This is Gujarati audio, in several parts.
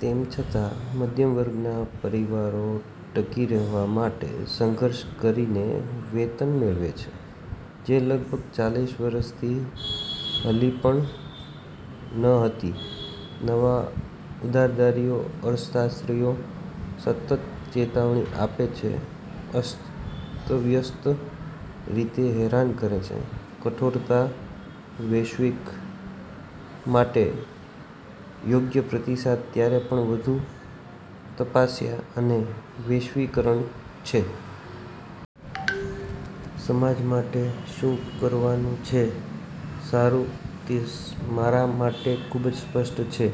તેમ છતાં, મધ્યમ વર્ગના પરિવારો ટકી રહેવા માટે સંઘર્ષ કરીને વેતન મેળવે છે જે લગભગ ચાલીસ વર્ષથી હલી પણ ન હતી નવા-ઉદારદારી અર્થશાસ્ત્રીઓ સતત ચેતવણી આપે છે, અસ્તવ્યસ્ત રીતે હેરાન કરે છે, કઠોરતા અને વૈશ્વિકરણ માટે યોગ્ય પ્રતિસાદ ત્યાં પણ વધુ તપસ્યા અને વૈશ્વિકરણ છે. તો સમાજે શું કરવાનું છે? સારું, તે મારા માટે ખૂબ સ્પષ્ટ છે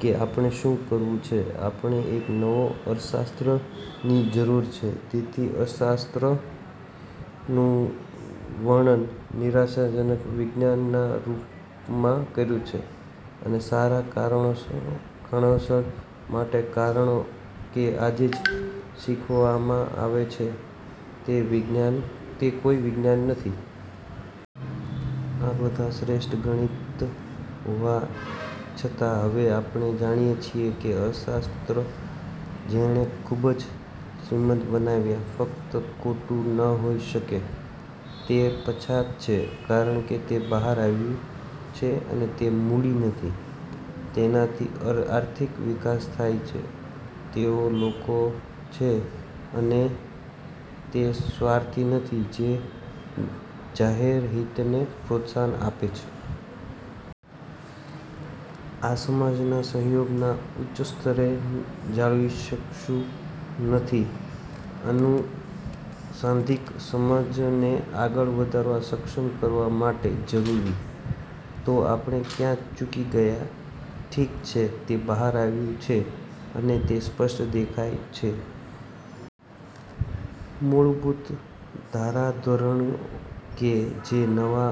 કે આપણે શું કરવાનું છે. આપણને એક નવા અર્થશાસ્ત્રની જરૂર છે. તેથી, અર્થશાસ્ત્રનું વર્ણન નિરાશાજનક વિજ્ઞાન ના રૂપમાં કર્યું છે અને સારા કારણોસર માટે કારણ કે આજે જે શીખવવામાં આવે છે, તે વિજ્ઞાન તે કોઈ વિજ્ઞાન નથી. આ બધા શ્રેષ્ઠ ગણિત હોવા છતાં હવે આપણે જાણીએ છીએ કે અર્થશાસ્ત્ર જેણે મને ખૂબ શ્રીમંત બનાવ્યો, ફક્ત ખોટું ન હોઈ શકે, તે પછાત છે, કારણ કે તે બહાર આવ્યું છે તે મૂડી નથી તેનાથી આર્થિક વિકાસ થાય છે, તેઓ લોકો છે; અને તે સ્વાર્થી નથી જે જાહેર હિતને પ્રોત્સાહન આપે છે. આ સામાજિક સહયોગ ના ઉચ્ચ સ્તર ને જાળવી શકતું નથી. આધુનિક સમાજને આગળ વધારવામાં સક્ષમ કરવા માટે જરૂરી. તો આપણે ક્યાં ચૂકી ગયા? ઠીક છે, તે બહાર આવ્યું છે અને સ્પષ્ટ છે તે દેખાય છે. મૂળભૂત ધારણાઓ કે જે નવા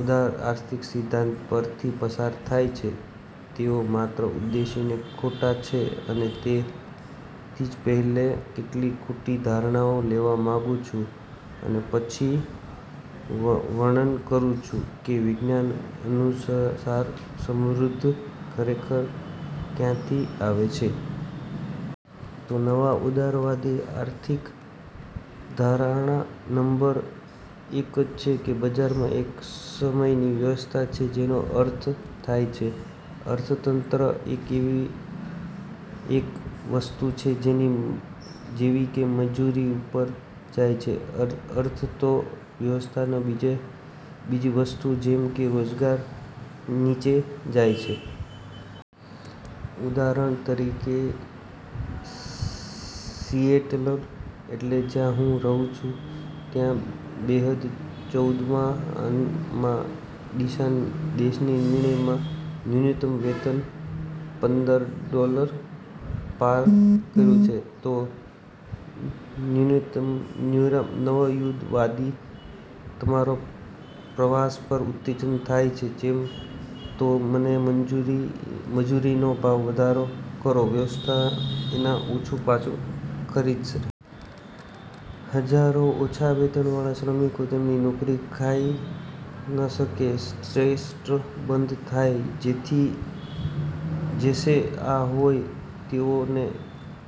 ઉદારદારી આર્થિક સિદ્ધાંત પર થી પસાર થાય છે, તેઓ માત્ર ઉદ્દેશ્યથી ખોટા છે અને તેથી આજે હું પેલા કેટલીક ખોટી ધારણાઓ લેવા માંગુ છુ અને પછી વર્ણન કરુ છુ કે વિજ્ઞાન અનુસાર સમૃદ્ધિ ખરેખર ક્યાંથી આવે છે. તો નવઉદારવાદી આર્થિક ધારણા નંબર એક છે તે બજારમાં એક સમયની વ્યવસ્થા છે જેનો અર્થ થાય છે અર્થતંત્રમાં એક વસ્તુ, જેવી કે મજૂરી ઉપર જાય છે, તો અર્થ વ્યવસ્થામાં બીજી વસ્તુ, જેમ કે રોજગાર નીચે જાય છે. ઉદાહરણ તરીકે; સિએટલમાં જ્યાં હું રહું છુ, જ્યારે બેહજાર ચૌદ મા અમે તમારા દેશ નિર્માણ કર્યું ત્યારે ન્યુનમ વેતન પંદર ડોલર પાર કર્યું. તો નવયુદારવાદી તમારો પ્રવાશ પર ઉત્તેજિત થઈ ગયા. તેમણે ચેતવણી આપી "જો તમે મંજૂરી મજૂરીના ભાવ વધારો કરો, તો વ્યવસાય આને ઓછું ખરીદસે." હજારો ઓછા વેતનવાળા શ્રમિક તેમની નોકરી ખોઈ નાખસે, રેસ્ટ્રોરંટ બંધ થઈ જસે. આ હોવા છતા તેઓએ આ ન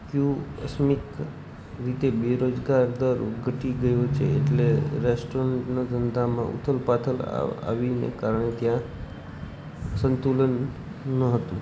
કર્યું. આકસ્મિક રીતે બેરોજગારીનો દર ઘટી ગયો. સિએટલમાં રેસ્ટોરન્ટનો ધંધોમાં ઉથલપાથલ આવી કારણકે ત્યાં કોઈ સંતુલન નહોતુ.